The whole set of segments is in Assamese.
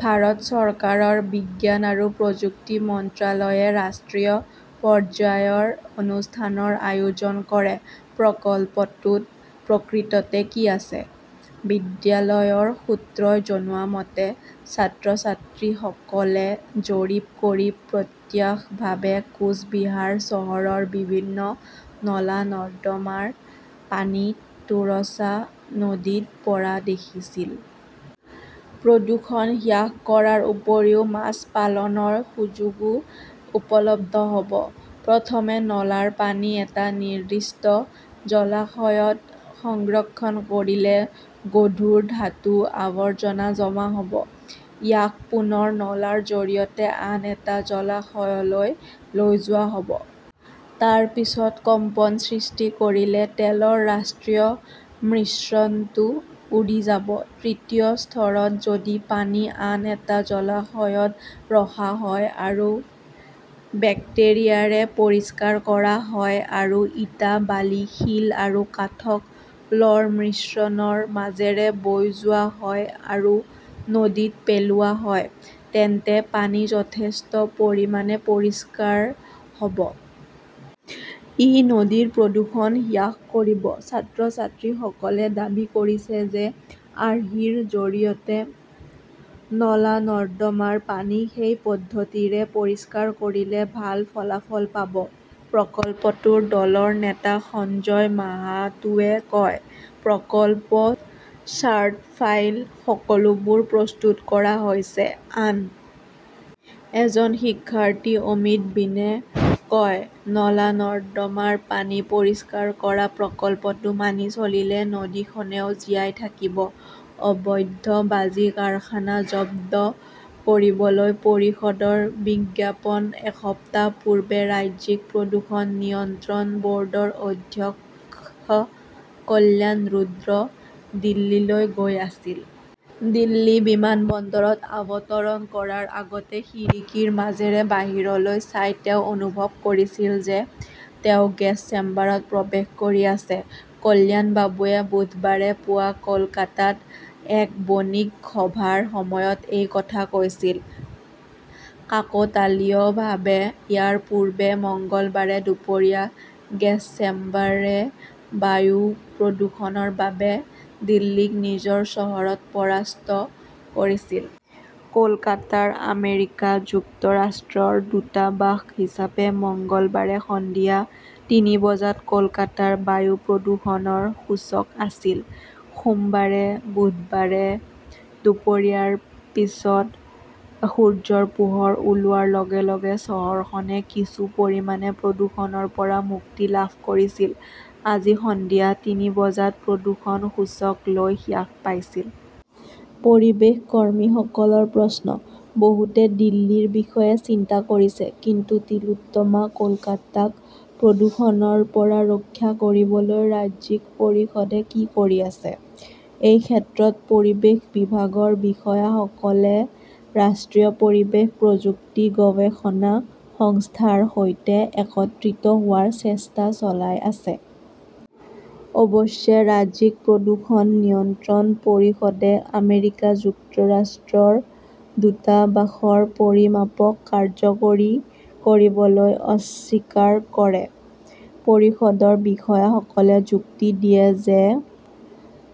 ভাৰত চৰকাৰৰ বিজ্ঞান আৰু প্ৰযুক্তি মন্ত্ৰালয়ে ৰাষ্ট্ৰীয় পৰ্যায়ৰ অনুষ্ঠানৰ আয়োজন কৰে। প্ৰকল্পটোত প্ৰকৃততে কি আছে? বিদ্যালয়ৰ সূত্ৰই জনোৱা মতে, ছাত্ৰ-ছাত্ৰীসকলে জৰীপ কৰি প্ৰত্যক্ষভাৱে কোচ বিহাৰ চহৰৰ বিভিন্ন নলা-নৰ্দমাৰ পানী তোৰছা নদীত পৰা দেখিছিল। প্ৰদূষণ হ্ৰাস কৰাৰ উপৰিও মাছ পালনৰ সুযোগও উপলব্ধ হ ব। প্ৰথমে নলাৰ পানী এটা নিৰ্দিষ্ট জলাশয়ত সংৰক্ষণ কৰিলে গধুৰ ধাতু, আৱৰ্জনা জমা হব। ইয়াক পুনৰ নলাৰ জৰিয়তে আন এটা জলাশয়লৈ লৈ যোৱা হব। তাৰ পিছত কম্পন সৃষ্টি কৰিলে তেলৰ ৰাষ্ট্ৰীয় মিশ্ৰণটো উৰি যাব। তৃতীয় স্তৰত যদি পানী আন এটা জলাশয়ত ৰখা হয় আৰু বেক্টেৰিয়াৰে পৰিষ্কাৰ কৰা হয় আৰু ইটা, বালি, শিল আৰু কাঠক 'লৰ মিশ্ৰণৰ মাজেৰে বৈ যোৱা হয় আৰু নদীত পেলোৱা হয়, তেন্তে পানী যথেষ্ট পৰিমাণে পৰিষ্কাৰ হ' ব। ই নদীৰ প্ৰদূষণ হ্ৰাস কৰিব। ছাত্ৰ-ছাত্ৰীসকলে দাবী কৰিছে যে আৰ্হিৰ জৰিয়তে নলা-নৰ্দমাৰ পানী সেই পদ্ধতিৰে পৰিষ্কাৰ কৰিলে ভাল ফলাফল পাব। প্ৰকল্পটোৰ দলৰ নেতা সঞ্জয় মাহাতোৱে কয়, প্ৰকল্প চাৰ্ট, ফাইল সকলোবোৰ প্ৰস্তুত কৰা হৈছে। আন এজন শিক্ষাৰ্থী অমিত বিনে কয়, নলা-নৰ্দমাৰ পানী পৰিষ্কাৰ কৰা প্ৰকল্পটো মানি চলিলে নদীখনেও জীয়াই থাকিব। অবৈধ বাজি কাৰখানা জব্দ কৰিবলৈ পৰিষদৰ বিজ্ঞাপন এসপ্তাহ পূৰ্বে ৰাজ্যিক প্ৰদূষণ নিয়ন্ত্ৰণ বৰ্ডৰ অধ্যক্ষ কল্যাণ ৰুদ্ৰ দিল্লীলৈ গৈ আছিল। দিল্লী বিমানবন্দৰত অৱতৰণ কৰাৰ আগতে খিৰিকীৰ মাজেৰে বাহিৰলৈ চাই তেওঁ অনুভৱ কৰিছিল যে তেওঁ গেছ চেম্বাৰত প্ৰৱেশ কৰি আছে। কল্যাণবাবুৱে বুধবাৰে পুৱা কলকাতাত এক বণিক সভাৰ সময়ত এই কথা কৈছিল। কাকতালীয়ভাৱে, ইয়াৰ পূৰ্বে মঙলবাৰে দুপৰীয়া 'গেছ চেম্বাৰ -এ বায়ু প্ৰদূষণৰ বাবে দিল্লীক নিজৰ চহৰত পৰাস্ত কৰিছিল! কলকাতাৰ আমেৰিকা যুক্তৰাষ্ট্ৰৰ দূতাবাস হিচাপে মঙলবাৰে সন্ধিয়া তিনি বজাত কলকাতাৰ বায়ু প্ৰদূষণৰ সূচক আছিল। সোমবাৰে, বুধবাৰে দুপৰীয়াৰ পিছত সূৰ্যৰ পোহৰ ওলোৱাৰ লগে-লগে চহৰখনে কিছু পৰিমাণে প্ৰদূষণৰ পৰা মুক্তি লাভ কৰিছিল। আজি সন্ধিয়া তিনি বজাত প্ৰদূষণ সূচক লৈ হ্ৰাস পাইছিল। পৰিৱেশ কৰ্মীসকলৰ প্ৰশ্ন, বহুতে দিল্লীৰ বিষয়ে চিন্তা কৰিছে। কিন্তু টিলোত্তমা কলকাতাক প্ৰদূষণৰ পৰা ৰক্ষা কৰিবলৈ ৰাজ্যিক পৰিষদে কি কৰি আছে? এই ক্ষেত্ৰত পৰিৱেশ বিভাগৰ বিষয়াসকলে ৰাষ্ট্ৰীয় পৰিৱেশ প্ৰযুক্তি গৱেষণা সংস্থা ৰ সৈতে একত্ৰিত হোৱাৰ চেষ্টা চলাই আছে। অৱশ্যে, ৰাজ্যিক প্ৰদূষণ নিয়ন্ত্ৰণ পৰিষদে আমেৰিকা যুক্তৰাষ্ট্ৰৰ দূতাবাসৰ পৰিমাপক কাৰ্যকৰী কৰিবলৈ অস্বীকাৰ কৰে। পৰিষদৰ বিষয়াসকলে যুক্তি দিয়ে যে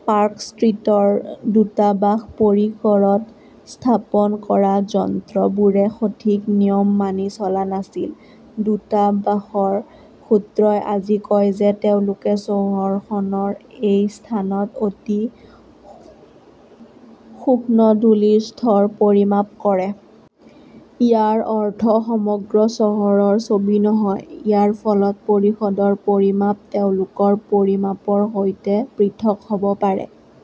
পাৰ্ক ষ্ট্ৰীটৰ দূতাবাস পৰিসৰত স্থাপন কৰা যন্ত্ৰবোৰে সঠিক নিয়ম মানি চলা নাছিল। দূতাবাসৰ সূত্ৰই আজি কয় যে তেওঁলোকে চহৰখনৰ এটা স্থানত অতি সূক্ষ্ম ধূলিৰ স্তৰ পৰিমাপ কৰে। ইয়াৰ অৰ্থ সমগ্ৰ চহৰৰ ছবি নহয়। ইয়াৰ ফলত পৰিষদৰ পৰিমাপ তেওঁলোকৰ পৰিমাপৰ সৈতে পৃথক হ 'ব পাৰে।